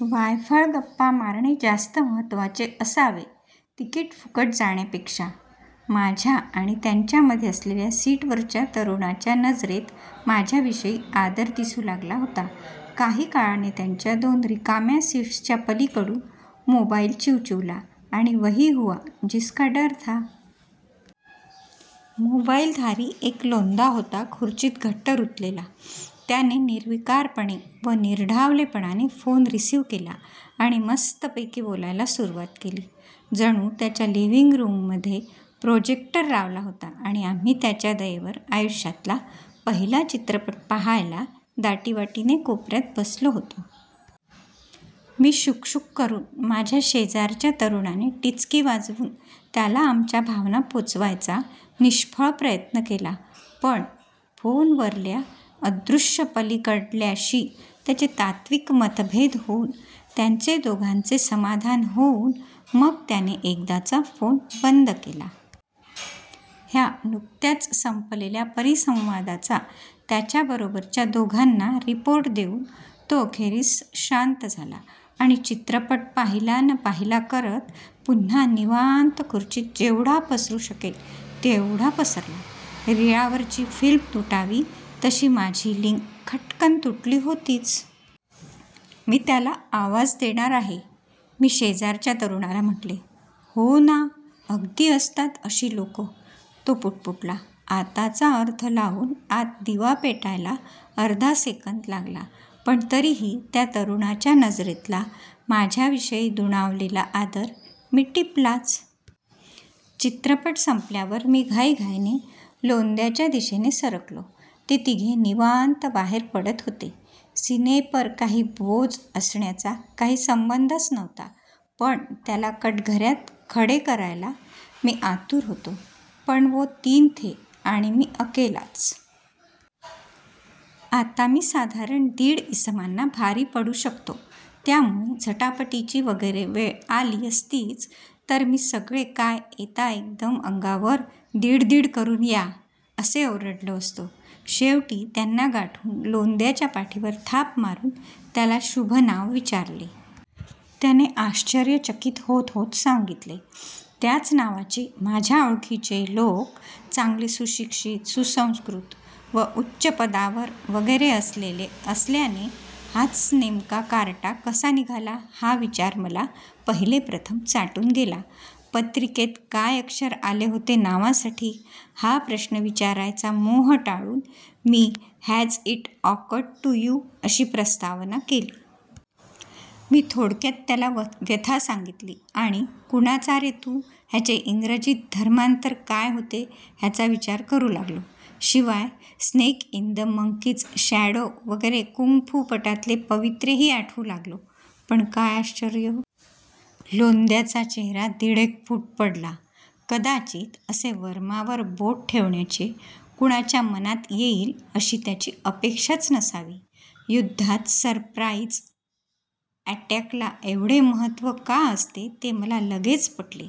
वायफळ गप्पा मारणे जास्त महत्त्वाचे असावे तिकीट फुकट जाण्यापेक्षा. माझ्या आणि त्यांच्यामधे असलेल्या सीटवरच्या तरुणाच्या नजरेत माझ्याविषयी आदर दिसू लागला होता. काही वेळाने त्यांच्या दोन रिकाम्या सीट्सच्या पलीकडून मोबाईल चिवचिवला आणि वही हुआ जिसका डर था! मोबाईलधारी एक लोंदा होता खुर्चीत घट्ट रुतलेला. त्याने निर्विकारपणे व निर्ढावलेपणाने फोन रिसिव्ह केला आणि मस्तपैकी बोलायला सुरुवात केली. जणू त्याच्या लिव्हिंग रूममध्ये प्रोजेक्टर लावला होता आणि आम्ही त्याच्या दयेवर आयुष्यातला पहिला चित्रपट पाहायला दाटीवाटीने कोपऱ्यात बसलो होतो. मी शुकशुक करून, माझ्या शेजारच्या तरुणाने टिचकी वाजवून त्याला आमच्या भावना पोचवायचा निष्फळ प्रयत्न केला पण! फोनवरल्या अदृश्य पलीकडल्याशी त्याचे तात्त्विक मतभेद होऊन, त्यांचे दोघांचे समाधान होऊन मग त्याने एकदाचा फोन बंद केला. ह्या नुकत्याच संपलेल्या परिसंवादाचा त्याच्याबरोबरच्या दोघांना रिपोर्ट देऊन तो अखेरीस शांत झाला आणि चित्रपट पाहिला न पाहिला करत पुन्हा निवांत खुर्चीत जेवढा पसरू शकेल तेवढा पसरला. रीळावरची फिल्म तुटावी तशी माझी लिंक खटकन तुटली होतीच. मी त्याला आवाज देणार आहे! मी शेजारच्या तरुणाला म्हटले. हो ना, अगदी असतात अशी लोकं तो पुटपुटला. आताचा अर्थ लावून आत दिवा पेटायला अर्धा सेकंद लागला, पण तरीही त्या तरुणाच्या नजरेतला माझ्याविषयी दुणावलेला आदर मी टिपलाच. चित्रपट संपल्यावर मी घाईघाईने लोंद्याच्या दिशेने सरकलो. ते तिघे निवांत बाहेर पडत होते. सीनेपर काही बोज असण्याचा काही संबंध नव्हताच. पण त्याला कटघऱ्यात खडे करायला मी आतुर होतो. पण वो तीन थे आणि मी अकेलाच. आता, मी साधारण दीड इसमांना भारी पडू शकतो त्यामुळे झटापटीची वगैरे वेळ आली असतीच तर मी सगळे काय येता एकदम अंगावर, दीड दीड करून या! असे ओरडलो असतो. शेवटी त्यांना गाठून लोंद्याच्या पाठीवर थाप मारून त्याला शुभ नाव विचारले. त्याने आश्चर्यचकित होत होत सांगितले. त्याच नावाचे माझ्या ओळखीचे लोक चांगले सुशिक्षित, सुसंस्कृत व उच्च पदावर वगैरे असलेले असल्याने हाच नेमका कार्टा कसा निघाला हा विचार मला पहिलेप्रथम चाटून गेला. पत्रिकेत काय अक्षर आले होते नावासाठी हा प्रश्न विचारायचा मोह टाळून मी has it awkward to you अशी प्रस्तावना केली. मी थोडक्यात त्याला व्यथा सांगितली आणि कुणाचा रे तू ह्याचे इंग्रजीत धर्मांतर काय होते ह्याचा विचार करू लागलो. शिवाय Snake in the Monkey's Shadow वगैरे कुंग फू पटातले पवित्रेही आठवू लागलो. पण काय आश्चर्य! लोंद्याचा चेहरा दीडेक फूट पडला. कदाचित असे वर्मावर बोट ठेवण्याचे कुणाच्या मनात येईल अशी त्याची अपेक्षाच नसावी. युद्धात सरप्राईज अॅटॅकला एवढे महत्त्व का असते ते मला लगेच पटले.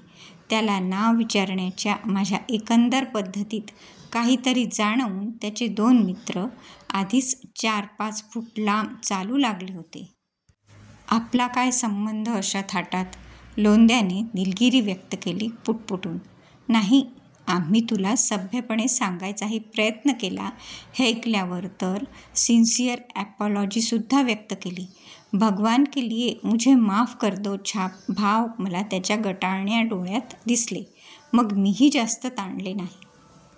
त्याला नाव विचारण्याच्या माझ्या एकंदर पद्धतीत काहीतरी जाणवून त्याचे दोन मित्र आधीच चार पाच फूट लांब चालू लागले होते. आपला काय संबंध अशा थाटात! लोंद्याने दिलगिरी व्यक्त केली पुटपुटून. नाही, आम्ही तुला सभ्यपणे सांगायचाही प्रयत्न केला हे ऐकल्यावर तर सिन्सियर अपॉलॉजी सुद्धा व्यक्त केली. भगवान के लिए मुझे माफ कर दो छाप भाव मला त्याच्या गटाण्या डोळ्यात दिसले. मग मीही जास्त ताणले नाही.